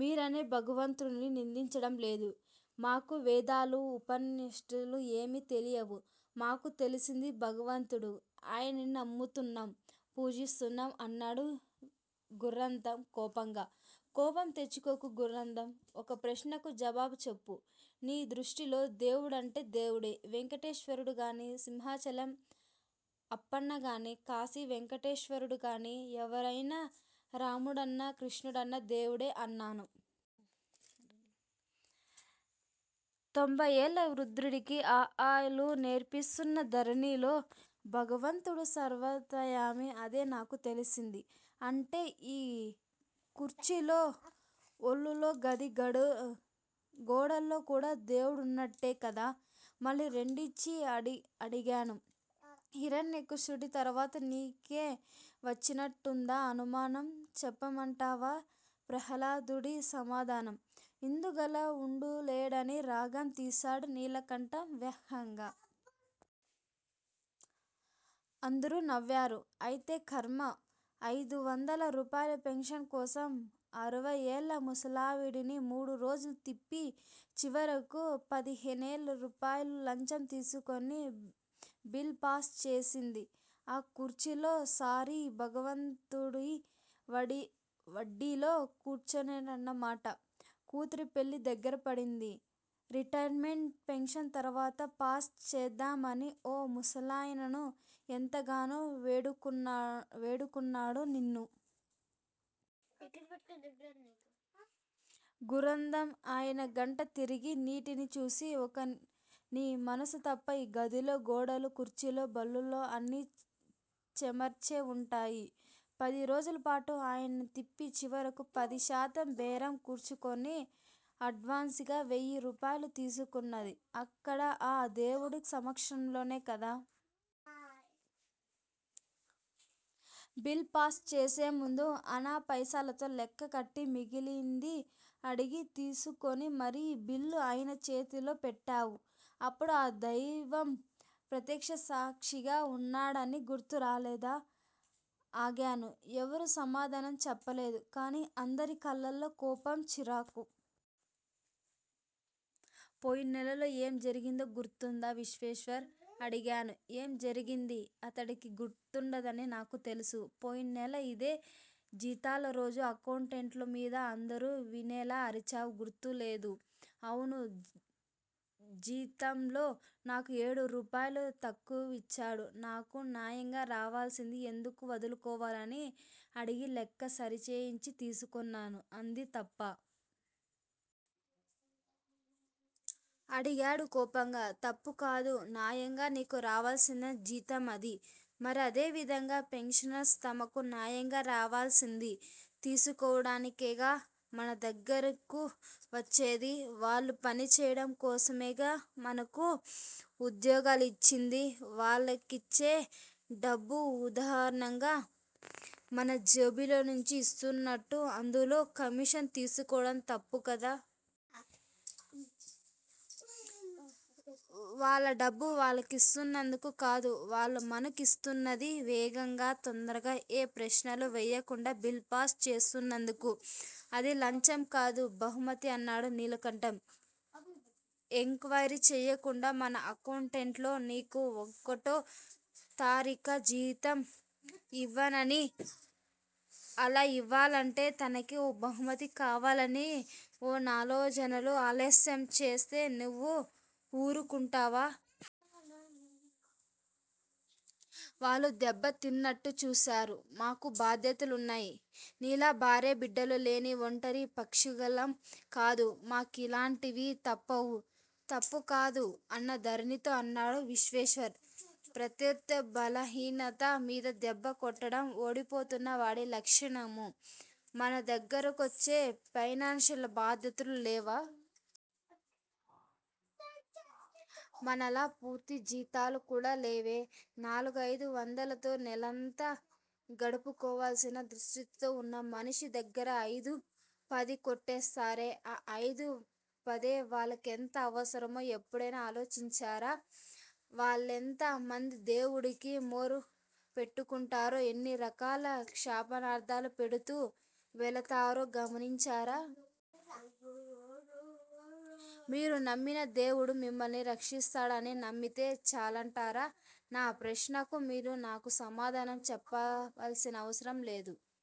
మీరనే భగవంతుడినీ నిందించడం లేదు. మాకు వేదాలు, ఉపనిషత్తులు ఏమీ తెలియవు. మాకు తెలిసింది భగవంతుడు. ఆయన్ని నమ్ముతున్నాం, పూజిస్తున్నాం అన్నాడు గుర్నాధం కోపంగా. కోపం తెచ్చుకోకు గుర్నాధం. ఒక్క ప్రశ్నకు జవాబు చెప్పు. నీ దృష్టిలో దేవుడంటే దేవుడే. వేంకటేశ్వరుడు గానీ, సింహాచలం అప్పన్న గానీ, కాశీ విశ్వేశ్వరుడు గానీ ఎవరయినా రాముడన్నా, కృష్ణుడన్నా దేవుడే అన్నాను. తొంభయ్యేళ్ళ వృద్ధుడికి అ ఆ లు నేర్పిస్తున్న ధోరణిలో. భగవంతుడు సర్వాంతార్యామి. అదే నాకు తెలిసింది. అంటే ఈ కుర్చీల్లో, బల్లల్లో, గది గోడల్లో కూడా దేముడున్నట్లే కదా? మళ్ళీ రెట్టించి అడిగాను. హిరణ్యకశ్యకుడి తర్వాత నీకే వచ్చినట్లుందా అనుమానం. చెప్పమంటావా ప్రహ్లాదుడి సమాధానం? ఇందుగల డందులేడని రాగం తీశాడు నీలకంఠం వ్యంగ్యంగా. అందరూ నవ్వారు. అయితే శర్మా! అయిదు వందల రూపాయల పెన్షన్ కోసం అరవయ్యేళ్ళ ముసలావిడని మూడు రోజులు తిప్పి, చివరకు పదిహేను రూపాయల లంచం తీసుకుని బిల్ పాస్ చేసింది ఆ కుర్చీలో సారీ భగవంతుడి వడిలో కూర్చునేనన్నమాట. కూతురి పెళ్ళి దగ్గరపడిందని రిటైర్ మెంట్ పెన్షన్ త్వరగా పాస్ చేయించమని ఓ ముసలాయన ఎంతగానో వేడుకున్నాడు నిన్ను. గుర్నాధం! ఆయన కంట తిరిగిన నీటిని చూసి ఒక్క నీ మనసు తప్ప ఈ గదిలో గోడలు, కుర్చీలు, బల్లలూ అన్నీ చెమర్చే వుంటాయి. పది రోజులపాటు ఆయన్ని తిప్పి చివరకు పది శాతం బేరం కుదుర్చుకుని అడ్వాన్స్ గా వెయ్యిరూపాయలు తీసుకున్నది అక్కడ ఆ దేవుడి సమక్షంలోనే కదా! బిల్ పాస్ చేసే ముందు అణా పైసలతో లెక్క కట్టి మిగిలింది అడిగి తీసుకుని మరీ బిల్లు ఆయన చేతిలో పెట్టావు. అప్పుడు ఆ దైవం ప్రత్యక్ష సాక్షిగా ఉన్నాడని గుర్తు రాలేదా? ఆగాను. ఎవరూ సమాధానం చెప్పలేదు కానీ అందరి కళ్ళలో కోపం చిరాకు. పోయిన్నెలలో ఏం జరిగిందో గుర్తుందా విశ్వేశ్వర్? అడిగాను. ఏం జరిగింది? అతడికి గుర్తుండదని నాకు తెలుసు. పోయిన్నెల ఇదే జీతాల రోజు అక్కౌంటెంట్ మీద అందరూ వినేలా అరిచావు గుర్తు లేదూ? అవును జీతంలో నాకు ఏడు రూపాయలు తక్కువిచ్చాడు. నాకు న్యాయంగా రావలసింది ఎందుకు వదులుకోవాలని అడిగి లెక్క సరిచేయించి తీసుకున్నాను అది తప్పా? అడిగాడు కోపంగా. తప్పుకాదు. న్యాయంగా నీకు రావలసిన జీతం అది. మరి అదే విధంగా పెన్షనర్లు తమకు న్యాయంగా రావలసింది తీసుకోవడానికేగా మన దగ్గరకు వచ్చేది? వాళ్ళ పని చేయటం కోసమేగా మనకు ఉద్యోగాలిచ్చింది? వాళ్ళకిచ్చే డబ్బు ఉదారంగా మన జేబుల్లోంచి ఇస్తున్నట్లు అందులో కమీషన్ తీసుకోవడం తప్పు కాదా? వాళ్ళ డబ్బు వాళ్ళకిస్తున్నందుకు కాదు వాళ్ళు మాకు యిస్తున్నది. వేగంగా, తొందరగా, ఏ ప్రశ్నలూ వేయకుండా బిల్ పాస్ చేస్తున్నందుకు. అది 'లంచం' కాదు. 'బహుమతి' అన్నాడు నీలకంఠం. ఎంక్వయిరీ చేయకుండా మన అకౌంటెంట్ నీకు ఒకటో తారీఖున జీతం యివ్వననీ, అలా ఇవ్వాలంటే తనకీ ఓ 'బహుమతి' కావాలనీ ఓ నాల్రోజులు ఆలస్యం చేస్తే నువ్వు వూరుకుంటావా? వాళ్ళు దెబ్బతిన్నట్టు చూశారు. మాకు బాధ్యతలున్నాయి. నీలా భార్యాబిడ్డలు లేని ఒంటరి పక్షిగాళ్ళం కాదు. మా కిలాంటివి తప్పవు. తప్పు కాదు అన్న ధోరణిలో అన్నాడు విశ్వేశ్వర్. ప్రత్యర్ధి బలహీనత మీద దెబ్బ కొట్టడం ఓడిపోతున్న వాడి లక్షణము. మన దగ్గరకొచ్చే పెన్షనర్లకు బాధ్యతలు లేవా? మనలా పూర్తి జీతాలు కూడా లేవే. నాలుగయిదు వందలతో నేలంతా గడుపుకోవాల్సిన దుస్థితిలో వున్న మనిషి దగ్గర అయిదూ, పదీ కొట్టేస్తారే. ఆ అయిదూ, పదే వాళ్ళకెంత అవసరమో ఎప్పుడైనా ఆలోచించారా? వాళ్ళెంత మంది దేవుడికి మొర పెట్టుకుంటారో ఎన్ని రకాల శాపనార్ధాలు పెడుతూ వెళతారో గమనించారా? మీరు నమ్మిన దేవుడు మిమ్మల్ని రక్షిస్తాడని నమ్మితే చాలంటారా? నా ప్రశ్నలకు మీరు నాకు సమాధానం చెప్పాల్సినవసరం లేదు.